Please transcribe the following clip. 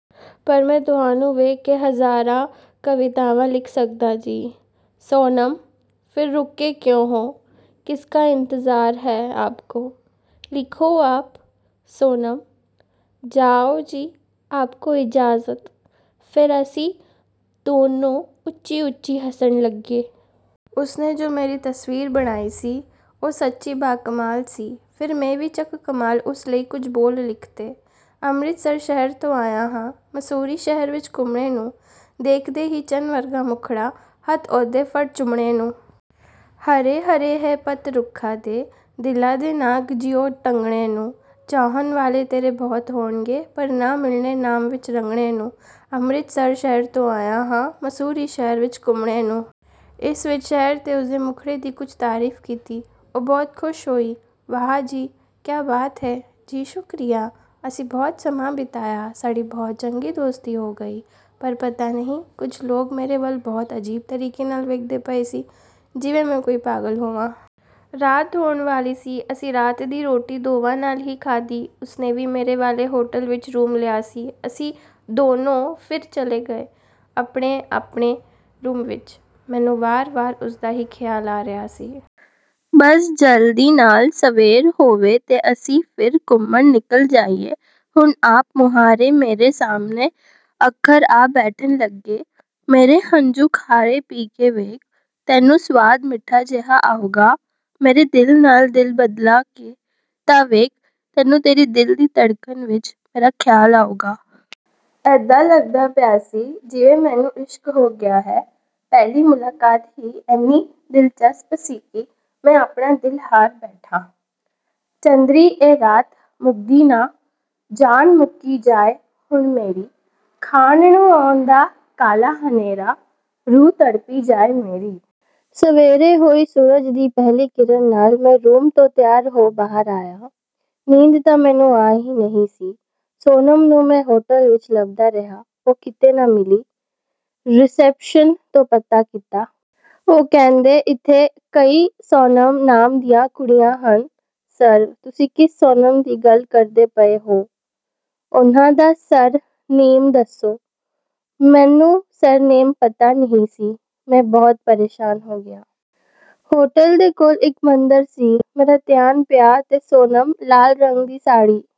ਪਰ ਮੈਂ ਤੁਹਾਨੂੰ ਵੇਖ ਕੇ ਹਜ਼ਾਰਾਂ ਕਵਿਤਾਵਾਂ ਲਿਖ ਸਕਦਾ ਜੀ। ਸੋਨਮ: ਫਿਰ ਰੁਕੇ ਕਿਉਂ ਹੋ? ਕਿਸਕਾ ਇੰਤਜ਼ਾਰ ਹੈ ਆਪਕੋ? ਲਿਖੋ ਆਪ। ਸੋਨਮ: "ਜਾਓ ਜੀ, ਆਪਕੋ ਇਜਾਜ਼ਤ।" ਫੇਰ ਅਸੀਂ ਦੋਨੋਂ ਉੱਚੀ-ਉੱਚੀ ਹੱਸਣ ਲੱਗੇ। ਉਸਨੇ ਜੋ ਮੇਰੀ ਤਸਵੀਰ ਬਣਾਈ ਸੀ, ਉਹ ਸੱਚੀ ਬਾ-ਕਮਾਲ ਸੀ। ਫੇਰ ਮੈਂ ਵੀ ਚੱਕ ਕਮਾਲ, ਉਸ ਲਈ ਕੁਝ ਬੋਲ ਲਿਖਤੇ: "ਅੰਮ੍ਰਿਤਸਰ ਸ਼ਹਿਰ ਤੋਂ ਆਇਆ ਹਾਂ, ਮਸੂਰੀ ਸ਼ਹਿਰ ਵਿੱਚ ਘੁੰਮਣੇ ਨੂੰ, ਦੇਖ ਦੇ ਹੀ ਚੰਨ ਵਰਗਾ ਮੁੱਖੜਾ, ਹੱਥ ਉਹਦੇ ਫੜ ਚੁੰਮਣੇ ਨੂੰ। ਹਰੇ-ਹਰੇ ਹੈ ਪੱਤ ਰੁੱਖਾਂ ਦੇ, ਦਿਲਾਂ ਦੇ ਨਾਗ ਜਿਉਂ ਡੰਗਣੇ ਨੂੰ, ਚਾਹੁਣ ਵਾਲੇ ਤੇਰੇ ਬਹੁਤ ਹੋਣਗੇ, ਪਰ ਨਾ ਮਿਲਣੇ ਨਾਮ ਵਿੱਚ ਰੰਗਣੇ ਨੂੰ। ਅੰਮ੍ਰਿਤਸਰ ਸ਼ਹਿਰ ਤੋਂ ਆਇਆ ਹਾਂ, ਮਸੂਰੀ ਸ਼ਹਿਰ ਵਿੱਚ ਘੁੰਮਣੇ ਨੂੰ।" ਇਸ ਵਿੱਚ ਸ਼ਹਿਰ ਤੇ ਉਸਦੇ ਮੁੱਖੜੇ ਦੀ ਕੁਝ ਤਾਰੀਫ਼ ਕੀਤੀ। ਉਹ ਬਹੁਤ ਖੁਸ਼ ਹੋਈ। "ਵਾਅਹ! ਜੀ, ਕਿਆ ਬਾਤ ਹੈ।" "ਜੀ, ਸ਼ੁਕਰੀਆ।" ਅਸੀਂ ਬਹੁਤ ਸਮਾਂ ਬਿਤਾਇਆ, ਸਾਡੀ ਬਹੁਤ ਚੰਗੀ ਦੋਸਤੀ ਹੋ ਗਈ। ਪਰ ਪਤਾ ਨਹੀਂ ਕੁਝ ਲੋਕ ਮੇਰੇ ਵੱਲ ਬਹੁਤ ਅਜੀਬ ਤਰੀਕੇ ਨਾਲ ਵੇਖਦੇ ਪਏ ਸੀ, ਜਿਵੇਂ ਮੈਂ ਕੋਈ ਪਾਗਲ ਹੋਵਾਂ। ਰਾਤ ਹੋਣ ਵਾਲੀ ਸੀ। ਅਸੀਂ ਰਾਤ ਦੀ ਰੋਟੀ ਦੋਵਾਂ ਨਾਲ ਹੀ ਖਾਧੀ। ਉਸਨੇ ਵੀ ਮੇਰੇ ਵਾਲੇ ਹੋਟਲ ਵਿੱਚ ਰੂਮ ਲਿਆ ਸੀ। ਅਸੀਂ ਦੋਨੋਂ ਫਿਰ ਚਲੇ ਗਏ, ਆਪਣੇ-ਆਪਣੇ ਰੂਮ ਵਿੱਚ। ਮੈਨੂੰ ਵਾਰ-ਵਾਰ ਉਸਦਾ ਹੀ ਖਿਆਲ ਆ ਰਿਹਾ ਸੀ। ਬੱਸ ਜਲਦੀ ਨਾਲ ਸਵੇਰ ਹੋਵੇ ਤੇ ਅਸੀਂ ਫਿਰ ਘੁੰਮਣ ਨਿਕਲ ਜਾਈਏ। ਹੁਣ ਆਪ-ਮੁਹਾਰੇ ਮੇਰੇ ਸਾਹਮਣੇ ਅੱਖਰ ਆ ਬੈਠਣ ਲੱਗੇ। "ਮੇਰੇ ਹੰਝੂ ਖਾਰੇ ਪੀ ਕੇ ਵੇਖ, ਤੈਨੂੰ ਸਵਾਦ ਮਿੱਠਾ ਜਿਹਾ ਆਉਗਾ, ਮੇਰੇ ਦਿਲ ਨਾਲ ਦਿਲ ਬਦਲਾ ਕੇ ਤਾਂ ਵੇਖ, ਤੈਨੂੰ ਤੇਰੀ ਦਿਲ ਦੀ ਧੜਕਣ ਵਿੱਚ ਮੇਰਾ ਖਿਆਲ ਆਉਗਾ।" ਏਦਾਂ ਲੱਗਦਾ ਪਿਆ ਸੀ, ਜਿਵੇਂ ਮੈਨੂੰ ਇਸ਼ਕ ਹੋ ਗਿਆ ਹੈ। ਪਹਿਲੀ ਮੁਲਾਕਾਤ ਹੀ ਏਨੀ ਦਿਲਚਸਪ ਸੀ ਕਿ ਮੈਂ ਆਪਣਾ ਦਿਲ ਹਾਰ ਬੈਠਾਂ। "ਚੰਦਰੀ ਏ ਰਾਤ ਮੁੱਕਦੀ ਨਾ, ਜਾਨ ਮੁੱਕੀ ਜਾਏ ਹੁਣ ਮੇਰੀ। ਖਾਣ ਨੂੰ ਆਉਂਦਾ ਕਾਲਾ ਹਨੇਰਾ, ਰੂਹ ਤੜਪੀ ਜਾਏ ਮੇਰੀ।" ਸਵੇਰੇ ਹੋਈ ਸੂਰਜ ਦੀ ਪਹਿਲੀ ਕਿਰਣ ਨਾਲ ਮੈਂ ਰੂਮ ਤੋਂ ਤਿਆਰ ਹੋ ਬਾਹਰ ਆਇਆ। ਨੀਂਦ ਤਾਂ ਮੈਨੂੰ ਆਈ ਹੀ ਨਹੀਂ ਸੀ। ਸੋਨਮ ਨੂੰ ਮੈਂ ਹੋਟਲ ਵਿੱਚ ਲੱਭਦਾ ਰਿਹਾ, ਉਹ ਕਿਤੇ ਨਾ ਮਿਲੀ। ਰਿਸੈਪਸ਼ਨ ਤੋਂ ਪਤਾ ਕੀਤਾ। ਉਹ ਕਹਿੰਦੇ, "ਏਥੇ ਕਈ ਸੋਨਮ ਨਾਮ ਦੀਆਂ ਕੁੜੀਆਂ ਹਨ, ਸਰ। ਤੁਸੀਂ ਕਿਸ ਸੋਨਮ ਦੀ ਗੱਲ ਕਰਦੇ ਪਏ ਹੋ? ਉਹਨਾਂ ਦਾ ਸਰ ਨੇਮ ਦੱਸੋ।" ਮੈਨੂੰ ਸਰ ਨੇਮ ਪਤਾ ਨਹੀਂ ਸੀ। ਮੈਂ ਬਹੁਤ ਪਰੇਸ਼ਾਨ ਹੋ ਗਿਆ। ਹੋਟਲ ਦੇ ਕੋਲ ਇੱਕ ਮੰਦਰ ਸੀ। ਮੇਰਾ ਧਿਆਨ ਪਿਆ ਤੇ ਸੋਨਮ ਲਾਲ ਰੰਗ ਦੀ ਸਾੜੀ...